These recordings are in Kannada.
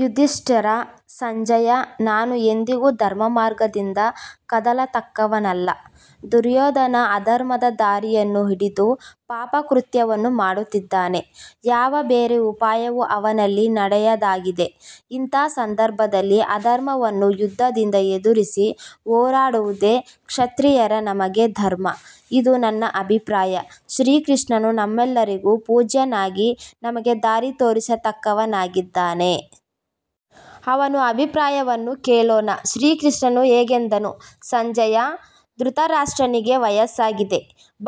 ಯುಧಿಷ್ಠಿರ: ಸಂಜಯ, ನಾನು ಎಂದಿಗೂ ಧರ್ಮಮಾರ್ಗದಿಂದ ಕದಲತಕ್ಕವನಲ್ಲ. ದುರ್ಯೋಧನ ಅಧರ್ಮದ ದಾರಿಯನ್ನು ಹಿಡಿದು ಪಾಪಕೃತ್ಯವನ್ನು ಮಾಡುತ್ತಿದ್ದಾನೆ. ಯಾವ ಬೇರೆ ಉಪಾಯವೂ ಅವನಲ್ಲಿ ನಡೆಯದಾಗಿದೆ. ಇಂಥ ಸಂದರ್ಭದಲ್ಲಿ ಅಧರ್ಮವನ್ನು ಯುದ್ಧದಿಂದ ಎದುರಿಸಿ ಹೋರಾಡುವುದೇ ಕ್ಷತ್ರಿಯರಾದ ನಮಗೆ ಧರ್ಮ. ಇದು ನನ್ನ ಅಭಿಪ್ರಾಯ. ಶ್ರೀಕೃಷ್ಣನು ನಮ್ಮೆಲ್ಲರಿಗೂ ಪೂಜ್ಯನಾಗಿ ನಮಗೆ ದಾರಿ ತೋರಿಸತಕ್ಕವನಾಗಿದ್ದಾನೆ. ಅವನ ಅಭಿಪ್ರಾಯವನ್ನು ಕೇಳೋಣ. ಶ್ರೀಕೃಷ್ಣನು ಹೀಗೆಂದನು ಸಂಜಯ, ಧೃತರಾಷ್ಟ್ರನಿಗೆ ವಯಸ್ಸಾಗಿದೆ.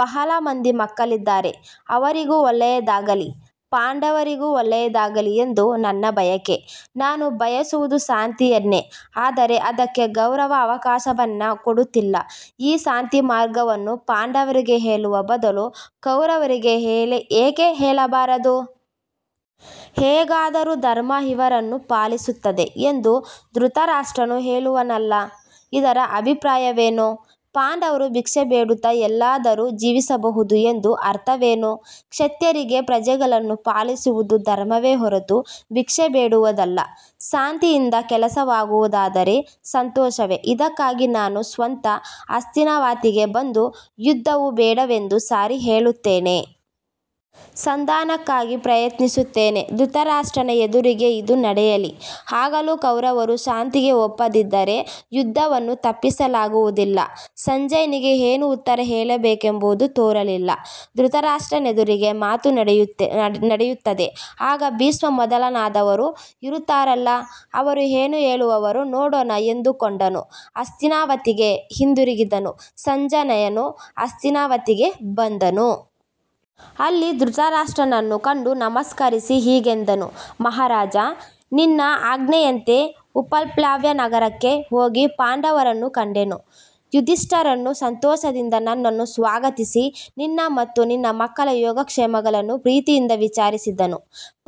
ಬಹಳ ಮಂದಿ ಮಕ್ಕಳಿದ್ದಾರೆ. ಅವರಿಗೂ ಒಳ್ಳೆಯದಾಗಲಿ, ಪಾಂಡವರಿಗೂ ಒಳ್ಳೆಯದಾಗಲಿ ಎಂದು ನನ್ನ ಬಯಕೆ. ನಾನು ಬಯಸುವುದು ಶಾಂತಿಯನ್ನೇ. ಆದರೆ ಅದಕ್ಕೆ ಕೌರವರು ಅವಕಾಶವನ್ನೇ ಕೊಡುತ್ತಿಲ್ಲ. ಈ ಶಾಂತಿಮಾರ್ಗವನ್ನು ಪಾಂಡವರಿಗೆ ಹೇಳುವ ಬದಲು ಕೌರವರಿಗೆ ಏಕೆ ಹೇಳಬಾರದು? ಹೇಗಾದರೂ ಧರ್ಮ ಇವರನ್ನು ಪಾಲಿಸುತ್ತದೆ. ಎಂದು ಧೃತರಾಷ್ಟ್ರನು ಹೇಳುವನಲ್ಲ, ಇದರ ಅಭಿಪ್ರಾಯವೇನು? ಪಾಂಡವರು ಭಿಕ್ಷೆ ಬೇಡುತ್ತ ಎಲ್ಲಾದರೂ ಜೀವಸಬಹುದು ಎಂದು ಅರ್ಥವೇನು? ಕ್ಷತ್ರಿಯರಿಗೆ ಪ್ರಜೆಗಳನ್ನು ಪಾಲಿಸುವುದು ಧರ್ಮವೇ ಹೊರತು ಭಿಕ್ಷೆ ಬೇಡುವುದಲ್ಲ. ಶಾಂತಿಯಿಂದ ಕೆಲಸವಾಗುವುದಾದರೆ ಸಂತೋಷವೇ. ಇದಕ್ಕಾಗಿ ನಾನು ಸ್ವತಃ ಹಸ್ತಿನಾವತಿಗೆ ಬಂದು ಯುದ್ಧವು ಬೇಡವೆಂದು ಸಾರಿ ಹೇಳುತ್ತೇನೆ. ಸಂಧಾನಕ್ಕಾಗಿ ಪ್ರಯತ್ನಿಸುತ್ತೇನೆ. ಧೃತರಾಷ್ಟ್ರನ ಎದುರಿಗೇ ಇದು ನಡೆಯಲಿ. ಆಗಲೂ ಕೌರವರು ಶಾಂತಿಗೆ ಒಪ್ಪದಿದ್ದರೆ ಯುದ್ಧವನ್ನು ತಪ್ಪಿಸಲಾಗುವುದಿಲ್ಲ. ಸಂಜಯನಿಗೆ ಏನು ಉತ್ತರ ಹೇಳಬೇಕೆಂಬುದು ತೋರಲಿಲ್ಲ. 'ಧೃತರಾಷ್ಟ್ರನೆದುರಿಗೆ ಮಾತು ನಡೆಯುತ್ತದೆ. ಆಗ ಭೀಷ್ಮ ಮೊದಲಾದವರು ಇರುತ್ತಾರಲ್ಲ, ಅವರು ಏನು ಹೇಳವರೋ ನೋಡೋಣ'- ಎಂದುಕೊಂಡನು. ಹಸ್ತಿನಾವತಿಗೆ ಹಿಂದಿರುಗಿದನು. ಸಂಜಯನು ಹಸ್ತಿನಾವತಿಗೆ ಬಂದನು. ಅಲ್ಲಿ ಧೃತರಾಷ್ಟ್ರನನ್ನು ಕಂಡು ನಮಸ್ಕರಿಸಿ ಹೀಗೆಂದನು. "ಮಹಾರಾಜ, ನಿನ್ನ ಆಜ್ಞೆಯಂತೆ ಉಪಪ್ಲವ್ಯ ನಗರಕ್ಕೆ ಹೋಗಿ ಪಾಂಡವರನ್ನು ಕಂಡೆನು. ಯುಧಿಷ್ಠಿರನು ಸಂತೋಷದಿಂದ ನನ್ನನ್ನು ಸ್ವಾಗತಿಸಿ ನಿನ್ನ ಮತ್ತು ನಿನ್ನ ಮಕ್ಕಳ ಯೋಗಕ್ಷೇಮಗಳನ್ನು ಪ್ರೀತಿಯಿಂದ ವಿಚಾರಿಸಿದನು.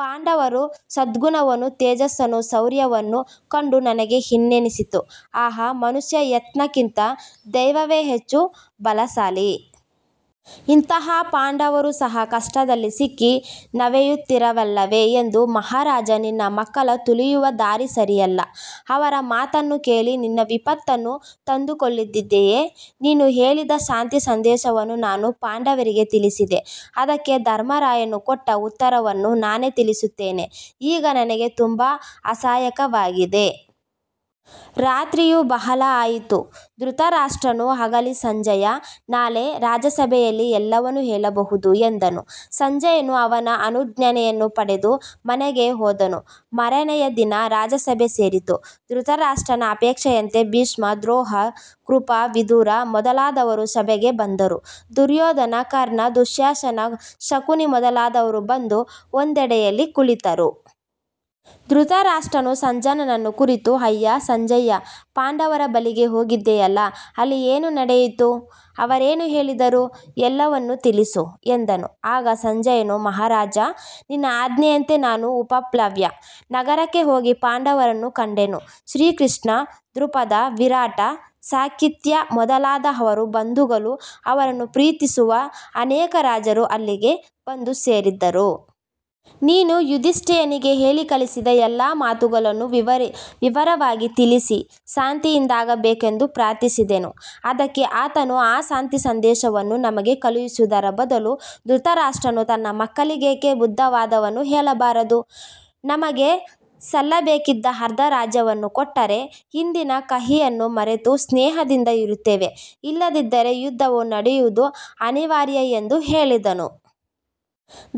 ಪಾಂಡವರ ಸದ್ಗುಣವನ್ನೂ ತೇಜಸ್ಸನ್ನೂ ಶೌರ್ಯವನ್ನೂ ಕಂಡು ನನಗೆ ಹೀಗೆನ್ನಿಸಿತು: 'ಆಹಾ! ಮನುಷ್ಯ ಯತ್ನಿಕ್ಕಿಂತ ದೈವವೇ ಹೆಚ್ಚು ಬಲಶಾಲಿ. ಇಂತಹ ಪಾಂಡವರೂ ಸಹ ಕಷ್ಟದಲ್ಲಿ ಸಿಕ್ಕಿ ನವೆಯುತ್ತಾರಲ್ಲವೆ' ಎಂದು ಮಹಾರಾಜ, ನಿನ್ನ ಮಕ್ಕಳು ತುಳಿಯುವ ದಾರಿ ಸರಿಯಲ್ಲ. ಅವರ ಮಾತನ್ನು ಕೇಳಿ ನೀನು ವಿಪತ್ತನ್ನು ತಂದುಕೊಳ್ಳುತ್ತಿದ್ದೀಯೆ. ನೀನು ಹೇಳಿದ ಶಾಂತಿ ಸಂದೇಶವನ್ನು ನಾನು ಪಾಂಡವರಿಗೆ ತಿಳಿಸಿದೆ. ಅದಕ್ಕೆ ಧರ್ಮರಾಯನು ಕೊಟ್ಟ ಉತ್ತರವನ್ನು ನಾಳೆ ತಿಳಿಸುತ್ತೇನೆ. ಈಗ ನನಗೆ ತುಂಬ ಆಯಾಸವಾಗಿದೆ. ರಾತ್ರಿಯೂ ಬಹಳ ಆಯಿತು". ಧೃತರಾಷ್ಟ್ರನು 'ಆಗಲಿ ಸಂಜಯ, ನಾಳೆ ರಾಜಸಭೆಯಲ್ಲಿ ಎಲ್ಲವನ್ನೂ ಹೇಳಬಹುದು' ಎಂದನು. ಸಂಜಯನು ಅವನ ಅನುಜ್ಞೆಯನ್ನು ಪಡೆದು ಮನೆಗೆ ಹೋದನು. ಮಾರನೆಯ ದಿನ ರಾಜಸಭೆ ಸೇರಿತು. ಧೃತರಾಷ್ಟ್ರನ ಅಪೇಕ್ಷೆಯಂತೆ ಭೀಷ್ಮ, ದ್ರೋಣ, ಕೃಪ, ವಿದುರ ಮೊದಲಾದವರು ಸಭೆಗೆ ಬಂದರು. ದುರ್ಯೋಧನ, ಕರ್ಣ, ದುಶ್ಯಾಸನ, ಶಕುನಿ ಮೊದಲಾದವರೂ ಬಂದು ಒಂದೆಡೆಯಲ್ಲಿ ಕುಳಿತರು. ಧೃತರಾಷ್ಟ್ರನು ಸಂಜಯನನ್ನು ಕುರಿತು "ಅಯ್ಯಾ ಸಂಜಯ, ಪಾಂಡವರ ಬಳಿಗೆ ಹೋಗಿದ್ದೆಯಲ್ಲ, ಅಲ್ಲಿ ಏನು ನಡೆಯಿತು? ಅವರೇನು ಹೇಳಿದರು ಎಲ್ಲವನ್ನೂ ತಿಳಿಸು" ಎಂದನು. ಆಗ ಸಂಜಯನು, "ಮಹಾರಾಜ, ನಿನ್ನ ಆಜ್ಞೆಯಂತೆ ನಾನು ಉಪಪ್ಲವ್ಯ ನಗರಕ್ಕೆ ಹೋಗಿ ಪಾಂಡವರನ್ನು ಕಂಡೆನು. ಶ್ರೀಕೃಷ್ಣ, ದ್ರುಪದ, ವಿರಾಟ, ಸಾತ್ಯಕಿ-ಮೊದಲಾದ ಅವರ ಬಂಧುಗಳೂ ಅವರನ್ನು ಪ್ರೀತಿಸುವ ಅನೇಕ ರಾಜರೂ ಅಲ್ಲಿಗೆ ಬಂದು ಸೇರಿದ್ದರು. ನೀನು ಯುಧಿಷ್ಠಿರನಿಗೆ ಹೇಳಿಕಳಿಸಿದ ಎಲ್ಲ ಮಾತುಗಳನ್ನೂ ವಿವರವಾಗಿ ತಿಳಿಸಿ ಶಾಂತಿಯಿಂದಿರಬೇಕೆಂದು ಪ್ರಾರ್ಥಿಸಿದೆನು. ಅದಕ್ಕೆ ಆತನು ಈ ಶಾಂತಿಸಂದೇಶವನ್ನು ನಮಗೆ ಕಳಿಸುವುದರ ಬದಲು ಧೃತರಾಷ್ಟ್ರನು ತನ್ನ ಮಕ್ಕಳಿಗೇಕೆ ಬುದ್ಧಿವಾದವನ್ನು ಹೇಳಬಾರದು. ನಮಗೆ ಸಲ್ಲಬೇಕಿದ್ದ ಅರ್ಧ ರಾಜ್ಯವನ್ನು ಕೊಟ್ಟರೆ, ಹಿಂದಿನ ಕಹಿಯನ್ನು ಮರೆತು ಸ್ನೇಹದಿಂದ ಇರುತ್ತೇವೆ. ಇಲ್ಲದಿದ್ದರೆ ಯುದ್ಧವು ನಡೆಯುವುದು ಅನಿವಾರ್ಯ ಎಂದು ಹೇಳಿದನು.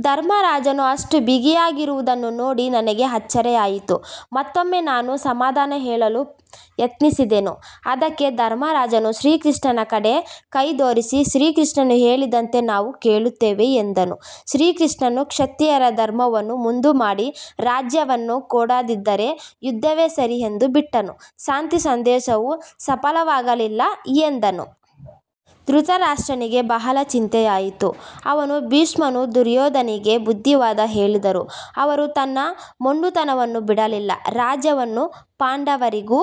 ಧರ್ಮರಾಜನು ಅಷ್ಟು ಬಿಗಿಯಾಗಿರುವುದನ್ನು ನೋಡಿ ನನಗೆ ಅಚ್ಚರಿಯಾಯಿತು. ಮತ್ತೊಮ್ಮೆ ನಾನು ಸಮಾಧಾನ ಹೇಳಲು ಯತ್ನಿಸಿದೆನು. ಅದಕ್ಕೆ ಧರ್ಮರಾಜನು ಶ್ರೀಕೃಷ್ಣನ ಕಡೆ ಕೈದೋರಿ ಶ್ರೀಕೃಷ್ಣನು ಹೇಳಿದಂತೆ ನಾವು ಕೇಳುತ್ತೇವೆ ಎಂದನು. ಶ್ರೀಕೃಷ್ಣನು ಕ್ಷತ್ರಿಯ ಧರ್ಮವನ್ನು ಮುಂದುಮಾಡಿ ರಾಜ್ಯವನ್ನು ಕೊಡದಿದ್ದರೆ ಯುದ್ಧವೇ ಸರಿ ಎಂದು ಬಿಟ್ಟನು. ಶಾಂತಿಸಂದೇಶವು ಸಫಲವಾಗಲಿಲ್ಲ" ಎಂದನು. ಧೃತರಾಷ್ಟ್ರನಿಗೆ ಬಹಳ ಚಿಂತೆಯಾಯಿತು. ಅವನೂ ಭೀಷ್ಮನೂ ದುರ್ಯೋಧನನಿಗೆ ಬುದ್ಧಿವಾದ ಹೇಳಿದರು. ಅವನು ತನ್ನ ಮೊಂಡುತನವನ್ನು ಬಿಡಲಿಲ್ಲ. ರಾಜ್ಯವನ್ನು ಪಾಂಡವರಿಗೂ